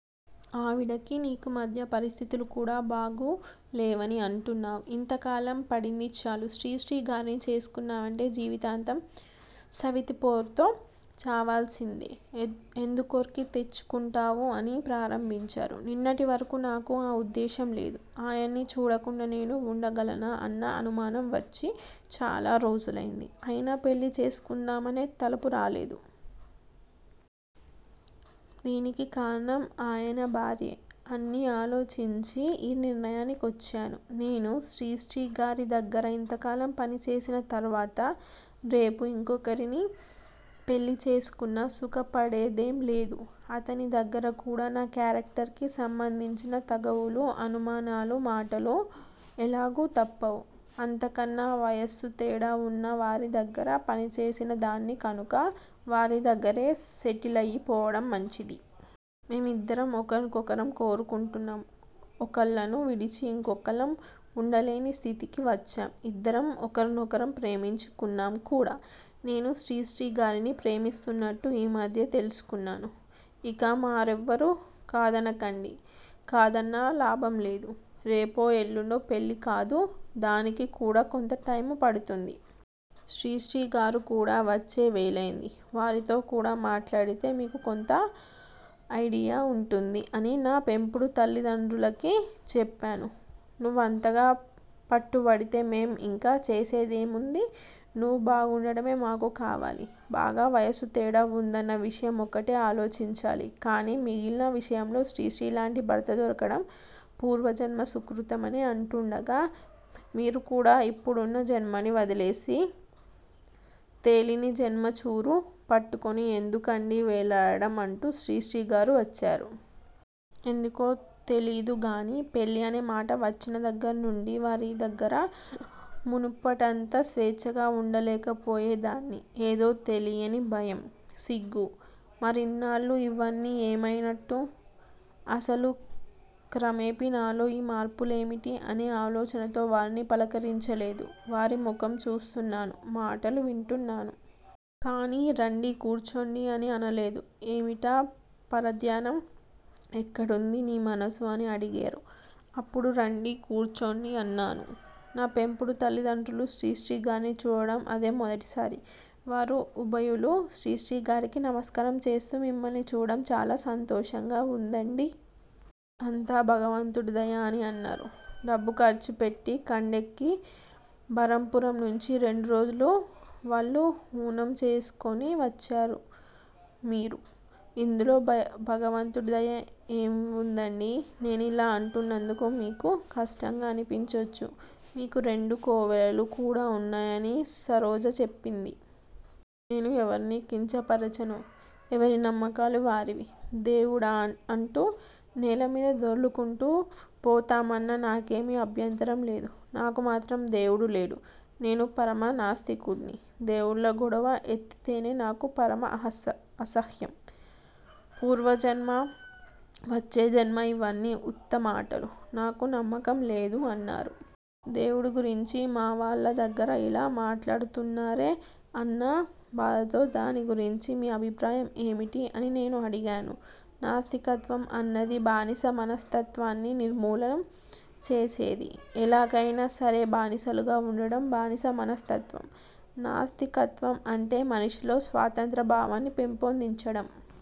ఆవిడకీ నీకూ మధ్య పరిస్థితులుకూడా బాగులేవని అంటున్నావు. ఇంతకాలం పడిందిచాలు. శ్రీశ్రీగారిని చేసుకున్నావంటే జీవితాంతం సవితి పోరుతో చావవలసిందే. ఎందుక్కోరి తెచ్చుకుంటావు అని ప్రారంభించారు. నిన్నటివరకూ నాకూ ఆ ఉద్దేశంలేదు. ఆయన్ని చూడకుండా నేను వుండగలనా అన్న అనుమానం వచ్చి చాలా రోజులైంది. అయినా పెళ్ళి చేసుకుందామనే తలపు రాలేదు. దీనికి కారణం ఆయన భార్యే. అన్నీ ఆలోచించి ఈ నిర్ణయానికొచ్చాను. నేను శ్రీశ్రీగారి దగ్గర ఇంతకాలం పనిచేసిన తర్వాత రేపు ఇంకొకర్ని పెళ్ళి చేసుకున్నా సుఖపడేదేంలేదు. అతని దగ్గర కూడా నా కేరక్టర్ కి సంబంధించిన తగవులూ, అనుమానాలూ, మాటలూ ఎలాగూ తప్పవు. అంతకన్నా వయస్సు తేడా వున్నా వారి దగ్గర పనిచేసినదాన్ని కనుక వారి దగ్గరే సెటిలయి పోవటం మంచిది. మేం ఇద్దరం ఒకర్నొకరు కోరుకుంటున్నాం. ఒకళ్ళను విడిచి ఇంకొకళ్ళం వుండలేని స్థితికి వచ్చాం. ఇద్దరం ఒకర్నొకరం ప్రేమించుకున్నాం కూడా. నేను శ్రీశ్రీగారిని ప్రేమిస్తున్నట్టు ఈ మధ్యే తెలుసుకున్నాను. ఇక మరెవ్వరూ కాదనకండి. కాదన్నా లాభంలేదు. రేపో ఎల్లుండో పెళ్ళి కాదు. దానికి కూడా కొంత టైము పడుతుంది. శ్రీశ్రీగారు కూడా వచ్చే వేళయింది. వారితో కూడా మాట్లాడితే మీకు కొంత అయిడియా ఉంటుంది అని నా పెంపుడు తల్లిదండ్రులకి చెప్పాను. నువ్వంతగా పట్టుపడితే మేం ఇంక చేసేదేముంది? నువ్వు బాగుండటమే మాకు కావాలి. బాగా వయస్సు తేడా వుందన్న విషయం ఒక్కటే ఆలోచించాలి. కానీ మిగిలిన విషయంలో శ్రీశ్రీలాంటి భర్త దొరకటం పూర్వజన్మ సుకృతమే అంటూండగా__ మీరు కూడా ఇప్పుడున్న జన్మని వదిలేసి తెలీని జన్మ చూరు పట్టుకొని ఎందుకండీ వేలాడటం అంటూ శ్రీశ్రీగారు వచ్చారు. ఎందుకో తెలీదుగాని పెళ్ళి అనే మాట వచ్చిన దగ్గర్నుండి వారిదగ్గర మునపటంత స్వేచ్ఛగా వుండలేకపోయేదాన్ని. ఏదో తెలీని భయం. సిగ్గు. మరిన్నాళ్ళూ ఇవన్నీ ఏమయినట్టు? అసలు క్రమేపీ నాలో ఈ మార్పు లేమిటి? అనే ఆలోచనతో వారిని పలకరించలేదు. వారి ముఖం చూస్తున్నాను. మాటలు వింటున్నాను. కానీ రండి కూర్చోండి అని అనలేదు. ఏమిటా పరధ్యానం? ఎక్కడుంది నీ మనసు అని అడిగేరు. అప్పుడు రండి కూర్చోండి అన్నాను. నా పెంపుడు తల్లిదండ్రులు శ్రీశ్రీగార్ని చూడటం అదే మొదటిసారి. వారు ఉభయులూ శ్రీశ్రీగారికి నమస్కారం చేస్తూ మిమ్మల్ని చూడటం చాలా సంతోషంగా వుందండి. అంతా భగవంతుడి దయ అని అన్నారు. డబ్బు ఖర్చుపెట్టి, ఖండెక్కి బరంపురం నుండి రెండు రోజులు వళ్ళు హూనం చేసుకొని వచ్చారు మీరు. ఇందులో భగవంతుడి దయ ఏం వుందండీ? నేనిలా అంటున్నందుకు మీకు కష్టం అనిపించొచ్చు. మీకు రెండు కోవెలలు కూడా ఉన్నాయనీ సరోజ చెప్పింది. నేను ఎవర్నీ కించపరచను. ఎవరి నమ్మకాలు వారివి. దేవుడా అంటూ నేలమీద దొర్లుకుంటూ పోతామన్నా నాకేమీ అభ్యంతరం లేదు. నాకు మాత్రం దేవుడు లేడు. నేను పరమ నాస్తికుడ్ని. దేవుళ్ళ గొడవ ఎత్తితేనే నాకు పరమ అసహ్యం. పూర్వజన్మ, వచ్చే జన్మ ఇవన్నీ ఉత్తమాటలు. నాకు నమ్మకంలేదు అన్నారు. దేవుడి గురించి మావాళ్ళ దగ్గర ఇలా మాట్లాడుతున్నారే అన్న బాధతో దాని గురించి మీ అభిప్రాయం ఏమిటి? అని నేను అడిగాను. నాస్తికత్వం అన్నది బానిస మనస్తత్వాన్ని నిర్మూలనం చేసేది. ఎలాగయినా సరే బానిసలుగా వుండటం బానిస మనస్తత్వం. నాస్తికత్వం అంటే మనిషిలో స్వతంత్ర భావాన్ని పెంపొందించడం.